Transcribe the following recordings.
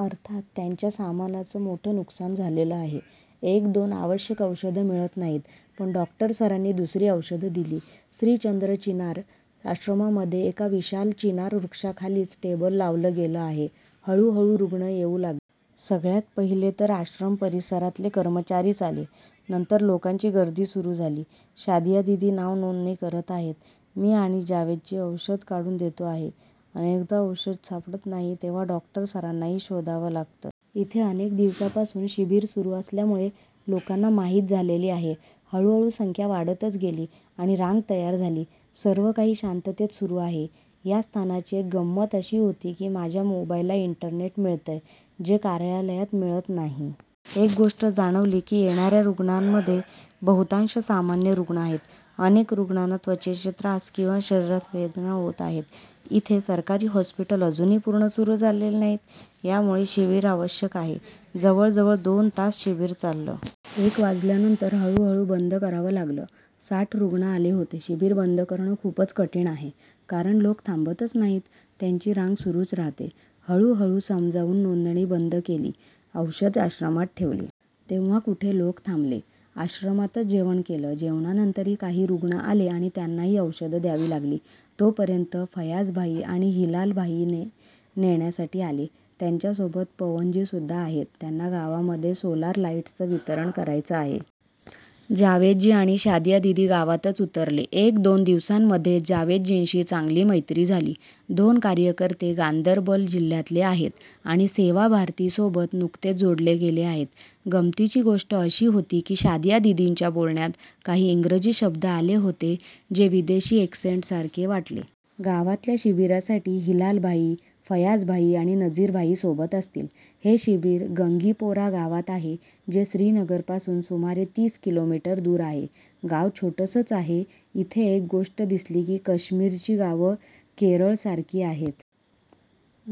अर्थात त्यांच्या सामानाचं मोठं नुकसान झालेलं आहे. एक- दोन आवश्यक औषधं मिळत नाहीत. पण डॉ. सरांनी दुसरी औषधं दिली. श्री चन्द्र चिनार आश्रमामध्ये एका विशाल चिनार वृक्षाखालीच टेबल लावलं गेलं आहे. हळु हळु रुग्ण येऊ लागले. सगळ्यात पहिले तर आश्रम परिसरातले कर्मचारीच आले. नंतर लोकांची गर्दी सुरू झाली. शादिया दिदी नाव नोंदणी करत आहेत; मी आणि जावेदजी औषधं काढून देतो आहोत. अनेकदा औषध सापडत नाही. तेव्हा डॉ. सरांनाही शोधावं लागतं. इथे अनेक दिवसांपासून शिबिर सुरू असल्यामुळे लोकांना माहिती झालेली आहे. हळु हळु संख्या वाढतच गेली आणि रांग तयार झाली. सर्व काही शांततेत सुरू आहे. ह्या स्थानाची एक गंमत अशी होती की माझ्या मोबाईलला इंटरनेट मिळतंय; जे कार्यालयात मिळत नाही. एक गोष्ट जाणवली की, येणा-या रुग्णांमध्ये बहुतांश सामान्य रुग्ण आहेत. अनेक रुग्णांना त्वचेचे त्रास आणि शरीरात वेदना होत आहेत. इथे सरकारी हॉस्पिटल अजूनही पूर्ण सुरू झालेले नाहीत. त्यामुळे शिबिर आवश्यक आहे. जवळजवळ दोन तास शिबिर चाललं. एक वाजल्यानंतर हळु हळु बंद करावं लागलं. साठ रुग्ण आले होते. शिबिर बंद करणं खूपच कठिण आहे; कारण लोक थांबतच नाहीत. त्यांची रांग सुरूच राहते. हळु हळु समजावून नोंदणी बंद केली. औषधं आश्रमात ठेवली. तेव्हा कुठे लोक थांबले. आश्रमातच जेवण केलं. जेवणानंतरही काही रुग्ण आले आणि त्यांनाही औषधं द्यावी लागली. तोपर्यंत फयाज़ भाई आणि हिलाल भाई नेण्यासाठी आले. त्यांच्यासोबत पवनजीसुद्धा आहेत. त्यांना गावामध्ये सोलार लाईटसचं वितरण करायचं आहे. जावेदजी आणि शादिया दिदी गावातच उतरले. एक- दोन दिवसांमध्येच जावेदजींशी चांगली मैत्री झाली. दोन्ही कार्यकर्ते गांदरबल जिल्ह्यातले आहेत आणि सेवा भारतीसोबत नुकतेच जोडले गेले आहेत. गमतीची गोष्ट अशी होती की शादिया दिदींच्या बोलण्यात काही इंग्रजी शब्द आले होते जे विदेशी एक्सेंटसारखे वाटले. गावातल्या शिबिरासाठी हिलाल भाई, फयाज़ भाई आणि नज़ीर भाई सोबत असतील. हे शिबिर गंगीपोरा गावात आहे जे श्रीनगरपासून सुमारे तीस किलोमीटर दूर आहे. गांव छोटसंच आहे. इथे एक गोष्ट दिसली की कश्मीरची गावं केरळसारखी आहेत.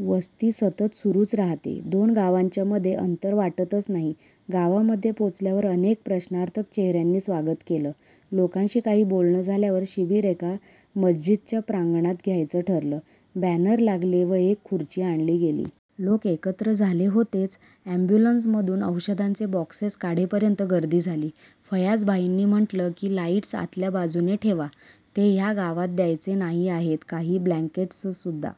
वस्ती सतत सुरूच राहते. दोन गावांच्या मध्ये अंतर वाटतच नाही. गावामध्ये पोहचल्यावर अनेक प्रश्नार्थक चेह-यांनी स्वागत केलं. लोकांशी काही बोलणं झाल्यावर शिबिर एका मस्जीदच्या प्रांगणात घ्यायचं ठरलं. बॅनर लागले व एक खुर्ची आणली गेली. लोक एकत्र झाले होतेच. एम्ब्युलन्समधून औषधांचे बॉक्सेस काढेपर्यंत गर्दी झाली. फयाज़ भाईंनी म्हंटलं की, लाईटस आतल्या बाजूने ठेवा; ते ह्या गावात द्यायचे नाही आहेत. काही ब्लँकेटससुद्धा